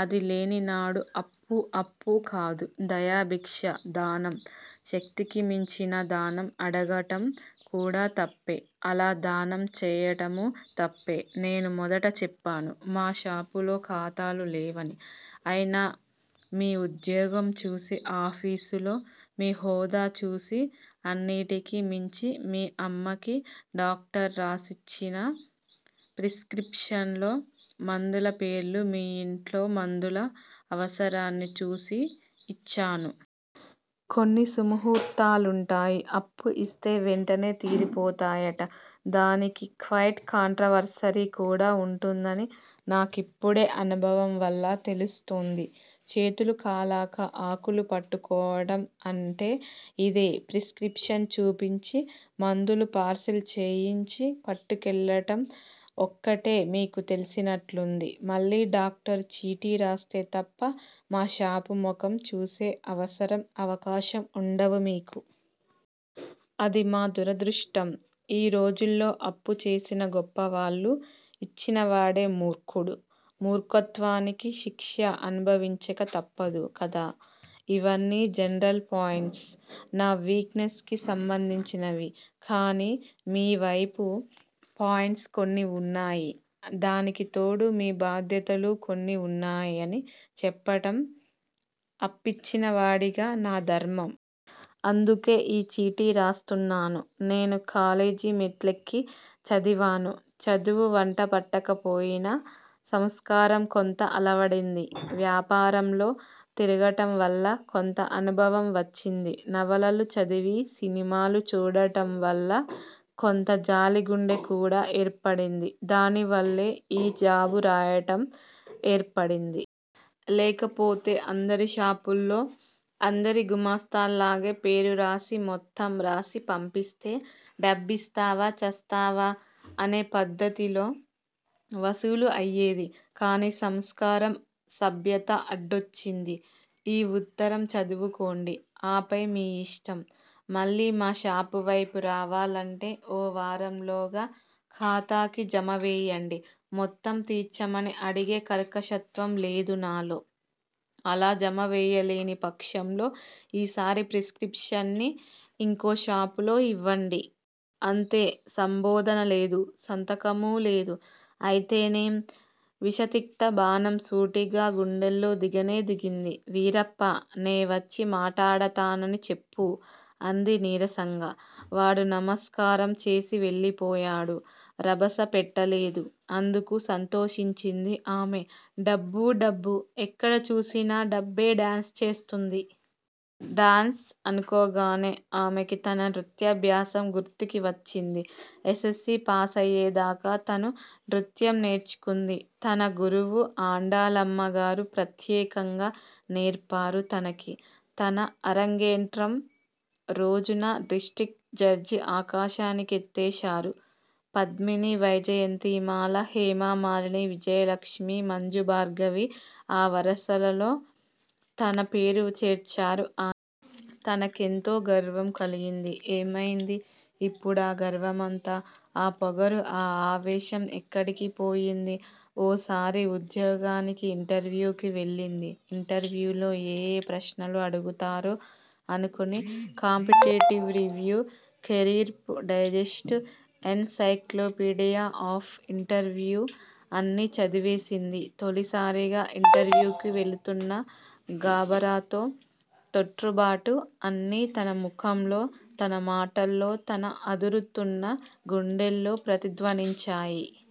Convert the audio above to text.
అది లేనినాడు అప్పు అప్పు కాదు. దయాభిక్ష! దానం. శక్తికి మించిన దానం అడగటం కూడా తప్పే. అలా దానం చేయటమూ తప్పే! నేను మొదట చెప్పాను! మా షాపులో ఖాతాలు లేవని! అయినా మీ ఉద్యోగం చూసి, ఆఫీసులో మీ హోదా చూసి అన్నిటికి మించి మీ అమ్మకి డాక్టర్ రాసిచ్చిన ప్రిస్కిప్షన్ లో మందుల పేర్లు మీ ఇంట్లో మందుల అవసరాన్ని చూసి ఇచ్చాను. కొన్ని సుముహూర్తాలుంటాయి. అప్పు ఇస్తే వెంటనే తీరిపోతాయట. దానికి క్వయిట్ కాంట్రవర్సరీ కూడా వుంటుందని నా కిప్పుడే అనుభవం వల్ల తెలుస్తూంది. చేతులు కాలక ఆకులు పట్టుకోవటం అంటే ఇదే! ప్రిస్కిప్షన్ చూపించి మందులు పార్సిల్ చేయించి పట్టుకెళ్ళటం ఒక్కటే మీకు తెలిసినట్లుంది. మళ్ళీ డాక్టరు చీటీ రాస్తే తప్ప మా షాపు ముఖం చూసే అవసరం, అవకాశం వుండవు మీకు. అది మా దురదృష్టం. ఈ రోజుల్లో అప్పు చేసిన గొప్పవాళ్ళు. ఇచ్చినవాడే మూర్ఖుడు. మూర్ఖత్వానికి శిక్ష అనుభవించక తప్పదు కదా! ఇవన్నీ జనరల్ పాయింట్స్! నా వీక్ నెస్ కి సంబంధించినవి. కానీ మీ వైపు పాయింట్స్ కొన్ని వున్నాయి. దానికి తోడు మీ బాధ్యతలూ కొన్ని వున్నాయని చెప్పటం అప్పిచ్చిన వాడిగా నా ధర్మం. అందుకే ఈ చీటీ రాస్తున్నాను. నేనూ కాలేజీ మెట్లెక్కి చదివాను. చదువు వంట బట్టకపోయినా సంస్కారం కొంత అలవడింది. వ్యాపారంలో తిరగటంవల్ల కొంత అనుభవం వచ్చింది. నవలలు చదివీ, సినిమాలు చూడటం వల్లా కొంత జాలిగుండె కూడా ఏర్పడింది. దానివల్లే ఈ జాబు రాయటం ఏర్పడింది. లేకపోతే అందరి షాపుల్లో అందరి గుమాస్తాల్లాగే పేరు రాసి మొత్తం రాసి పంపిస్తే డబ్బిస్తావా చస్తావా అనే పద్దతిలో వసూలు అయ్యేది. కానీ సంస్కారం సభ్యత అడ్డొచ్చింది. ఈ ఉత్తరం చదువుకోండి! ఆపై మీ ఇష్టం! మళ్ళీ మా షాపు వైపు రావాలంటే ఓ వారంలోగా ఖాతాకి జమ వేయండి, మొత్తం తీర్చమని అడిగే కర్కశత్వం లేదు నాలో అలా జమవేయలేని పక్షంలో ఈసారి ప్రిస్కిప్షన్ని ఇంకో షాపులో ఇవ్వండి. అంతే! సంబోధన లేదు! సంతకమూ లేదు! అయితేనేం విషతిక్తబాణం సూటిగా గుండెల్లో దిగనే దిగింది. వీరప్పా! నేవచ్చి మాటాడతానని చెప్పు! అంది నీరసంగా. వాడు నమస్కారం చేసి వెళ్ళిపోయాడు. రభస పెట్టలేదు. అందుకు సంతోషించింది ఆమె! డబ్బు! డబ్బు! ఎక్కడ చూసినా డబ్బే డాన్స్ చేస్తూంది!! డాన్స్ అనుకోగానే ఆమెకి తన నృత్యాభ్యాసం గుర్తుకి వచ్చింది. ఎస్సెస్సీ పాసయ్యేదాకా తను నృత్యం నేర్చుకుంది. తన గురువు ఆండాళమ్మగారు ప్రత్యేకంగా నేర్పారు తనకి. తన అరంగేట్రం రోజున డిస్ట్రిక్టు జడ్జ్ ఆకాశానికెత్తేశారు! పద్మిని, వైజయంతిమాల, హేమమాలిని, విజయలక్ష్మి మంజుభార్గవి ఆ వరసలో తన పేరూ చేర్చారు ఆయన. తనకెంతో గర్వం కలిగింది. ఏమయింది ఇప్పుడా గర్వమంతా? ఆ పొగరూ, ఆ ఆవేశం ఎక్కడికి పోయింది? ఓసారి ఉద్యోగానికి ఇంటర్వ్యూకి వెళ్ళింది. ఇంటర్వ్యూలో ఏయే ప్రశ్నలు అడుగుతారో అనుకుని competitive review, career digest, encyclopedia of interview అన్నీ చదివేసింది. తొలిసారిగా ఇంటర్వ్యూకి వెడుతున్న గాబరాతో, తొట్రుబాటు అన్నీ తన ముఖంలో తన మాటల్లో తన అదురుతున్న గుండెల్లో ప్రతిధ్వనించాయి.